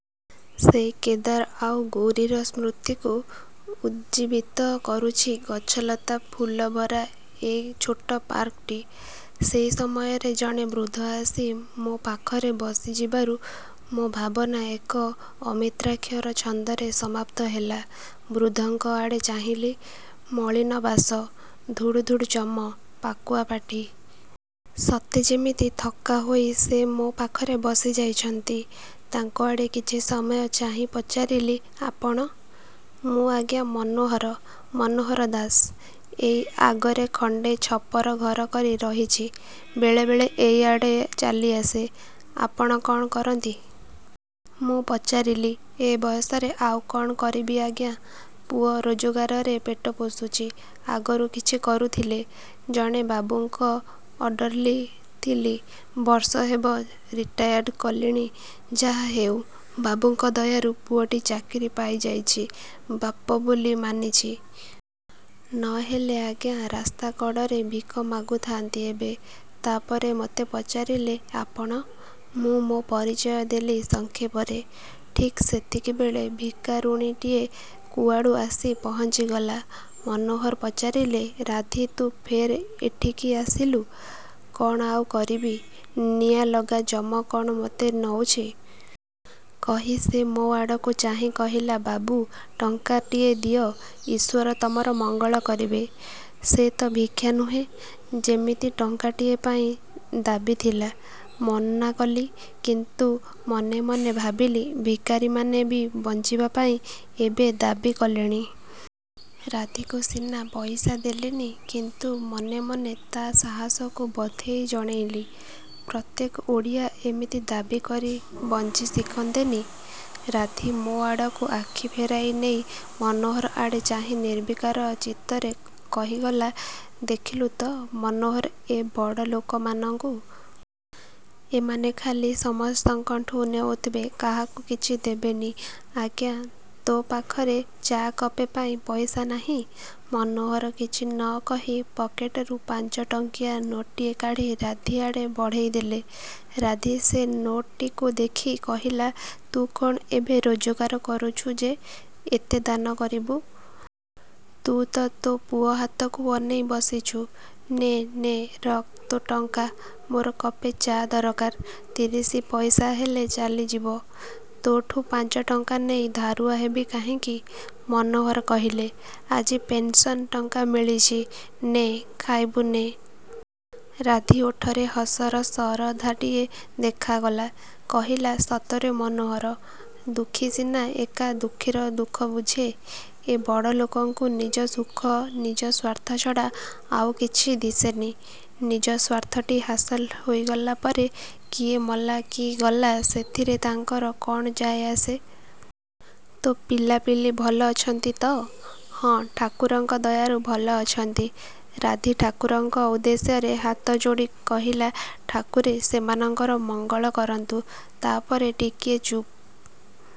ସେଇ କେଦାର ଆଉ ଗୌରୀର ସ୍ମୃତିକୁ ଉଦ୍ଜୀବିତ କରୁଛି ଗଛଲତା ଫୁଲ ଭରା ଏଇ ଛୋଟ ପାର୍କଟି। ସେଇ ସମୟରେ ଜଣେ ବୃଦ୍ଧ ଆସି ମୋ' ପାଖରେ ବସି ଯିବାରୁ ମୋ' ଭାବନା ଏକ ଅମିତ୍ରାକ୍ଷର ଛନ୍ଦରେ ସମାପ୍ତ ହେଲା। ବୃଦ୍ଧଙ୍କ ଆଡ଼େ ଚାହିଁଲି। ମଳିନ ବାସ, ଧୁଡ଼ୁ ଧୁଡ଼ୁ ଚମ, ପାକୁଆ ପାଟି। ସତେ ଯେମିତି ଥକା ହୋଇ ସେ ମୋ' ପାଖରେ ବସି ଯାଇଛନ୍ତି। ତାଙ୍କ ଆଡ଼େ କିଛି ସମୟ ଚାହିଁ ପଚାରିଲି-ଆପଣ? 'ମୁଁ ଆଜ୍ଞା ମନୋହର ମନୋହର ଦାସ। ଏଇ ଆଗରେ ଖଣ୍ଡେ ଛପର ଘର କରି ରହିଛି। ବେଳେବେଳେ ଏଇ ଆଡ଼େ ଚାଲି ଆସେ। ଆପଣ କ'ଣ କରନ୍ତି? -ମୁଁ ପଚାରିଲି। 'ଏ ବୟସରେ ଆଉ କ'ଣ କରିବି ଆଜ୍ଞା; ପୁଅ ରୋଜଗାରରେ ପେଟ ପୋଷୁଛି। ' ଆଗରୁ କିଛି କରୁଥିଲେ? ଜଣେ ବାବୁଙ୍କ ଅଡ଼ର୍ଲି ଥିଲି। ବର୍ଷ ହେବ ରିଟାୟାର୍ଡ଼ କଲିଣି। ଯାହା ହେଉ ବାବୁଙ୍କ ଦୟାରୁ ପୁଅଟି ଚାକିରି ପାଇଯାଇଛି। ବାପ ବୋଲି ମାନିଛି। ନ ହେଲେ ଆଜ୍ଞା ରାସ୍ତା କଡ଼ରେ ଭିକ ମାଗୁଥାନ୍ତି ଏବେ। ତା'ପରେ ମୋତେ ପଚାରିଲେ-ଆପଣ? ମୁଁ ମୋ' ପରିଚୟ ଦେଲି ସଂକ୍ଷେପରେ। ଠିକ୍ ସେତିକିବେଳେ ଭିକାରୁଣୀଟିଏ କୁଆଡ଼ୁ ଆସି ପହଞ୍ଚି ଗଲା। ମନୋହର ପଚାରିଲେ-ରାଧି ତୁ ଫେର୍ ଏଠିକି ଆସିଲୁ? 'କ'ଣ ଆଉ କରିବି? ନିଆଁ ଲଗା ଯମ କ'ଣ ମୋତେ ନଉଛି। ' କହି ସେ ମୋ' ଆଡ଼କୁ ଚାହିଁ କହିଲା-ବାବୁ, ଟଙ୍କାଟିଏ ଦିଅ। ଈଶ୍ୱର ତମର ମଙ୍ଗଳ କରିବେ। ସେ ତ ଭିକ୍ଷା ନୁହେଁ, ଯେମିତି ଟଙ୍କାଟିଏ ପାଇଁ ଦାବୀ ଥିଲା। ମନା କଲି; କିନ୍ତୁ ମନେ ମନେ ଭାବିଲି ଭିକାରୀମାନେ ବି ବଞ୍ଚିବା ପାଇଁ ଏବେ ଦାବୀ କଲେଣି। ରାଧିକୁ ସିନା। ପଇସା ଦେଲିନି, କିନ୍ତୁ ମନେ ମନେ ତା' ସାହସକୁ ବଧେଇ ଜଣେଇଲି। ପ୍ରତ୍ୟେକ ଓଡ଼ିଆ ଏମିତି ଦାବୀ କରି ବଞ୍ଚି ଶିଖନ୍ତେନି? ରାଧି ମୋ' ଆଡ଼ୁ ଆଖି ଫେରାଇ ନେଇ ମନୋହର ଆଡ଼େ ଚାହିଁ ନିର୍ବିକାର ଚିତ୍ତରେ କହିଗଲା-ଦେଖିଲୁ ତ ମନୋହର ଏ ବଡ଼ ଲୋକମାନଙ୍କୁ। ଏ ମାନେ ଖାଲି ସମସ୍ତଙ୍କଠୁଁ ନେଉଥିବେ କାହାକୁ କିଛି ଦେବେନି। ଆଜ୍ଞା, ତୋ' ପାଖରେ ଚା' କପେ ପାଇଁ ପଇସା ନାହିଁ? ମନୋହର କିଛି ନ କହି ପକେଟରୁ ପାଞ୍ଚଟଙ୍କିଆ ନୋଟ୍ଟିଏ କାଢ଼ି ରାଧି ଆଡ଼େ ବଢ଼େଇ ଦେଲେ। ରାଧି ସେ ନୋଟ୍ଟିକୁ ଦେଖି କହିଲା-ତୁ କ'ଣ ଏବେ ରୋଜଗାର କରୁଛୁ ଯେ ଏତେ ଦାନ କରିବୁ? ତୁ ତ ତୋ' ପୁଅ ହାତକୁ ଅନେଇ ବସିଛୁ। ନେ, ନେ ରଖ ତୋ' ଟଙ୍କା। ମୋର କପେ ଚା' ଦରକାର। ତିରିଶି ପଇସା ହେଲେ ଚାଲିଯିବ। ତୋ' ଠୁଁ ପାଞ୍ଚଟଙ୍କା ନେଇ ଧାରୁଆ ହେବି କାହିଁକି? ମନୋହର କହିଲେ-ଆଜି ପେନ୍ସନ୍ ଟଙ୍କା ମିଳିଛି। ନେ, ଖାଇବୁ ନେ। ରାଧି ଓଠରେ ହସର ସରଧାଟିଏ ଦେଖାଗଲା। କହିଲା-ସତରେ ମନୋହର, ଦୁଃଖୀ ସିନା ଏକା ଦୁଃଖୀର ଦୁଃଖ ବୁଝେ। ଏ ବଡ଼ଲୋକଙ୍କୁ ନିଜ ସୁଖ, ନିଜ ସ୍ଵାର୍ଥ ଛଡ଼ା ଆଉ କିଛି ଦିଶେନି। ନିଜ ସ୍ୱାର୍ଥଟି ହାସଲ ହୋଇଗଲାପରେ କିଏ ମଲା କି ଗଲା ସେଥିରେ ତାଙ୍କର କ'ଣ ଯାଏ ଆସେ? ତୋ' ପିଲାପିଲି ଭଲ ଅଛନ୍ତି ତ? 'ହଁ, ଠାକୁରଙ୍କ ଦୟାରୁ ଭଲ ଅଛନ୍ତି। ରାଧି ଠାକୁରଙ୍କ ଉଦ୍ଦେଶ୍ୟରେ ହାତ ଯୋଡ଼ି କହିଲା-ଠାକୁରେ ସେମାନଙ୍କର ମଙ୍ଗଳ କରନ୍ତୁ। ତା'ପରେ ଟିକିଏ ଚୁପ୍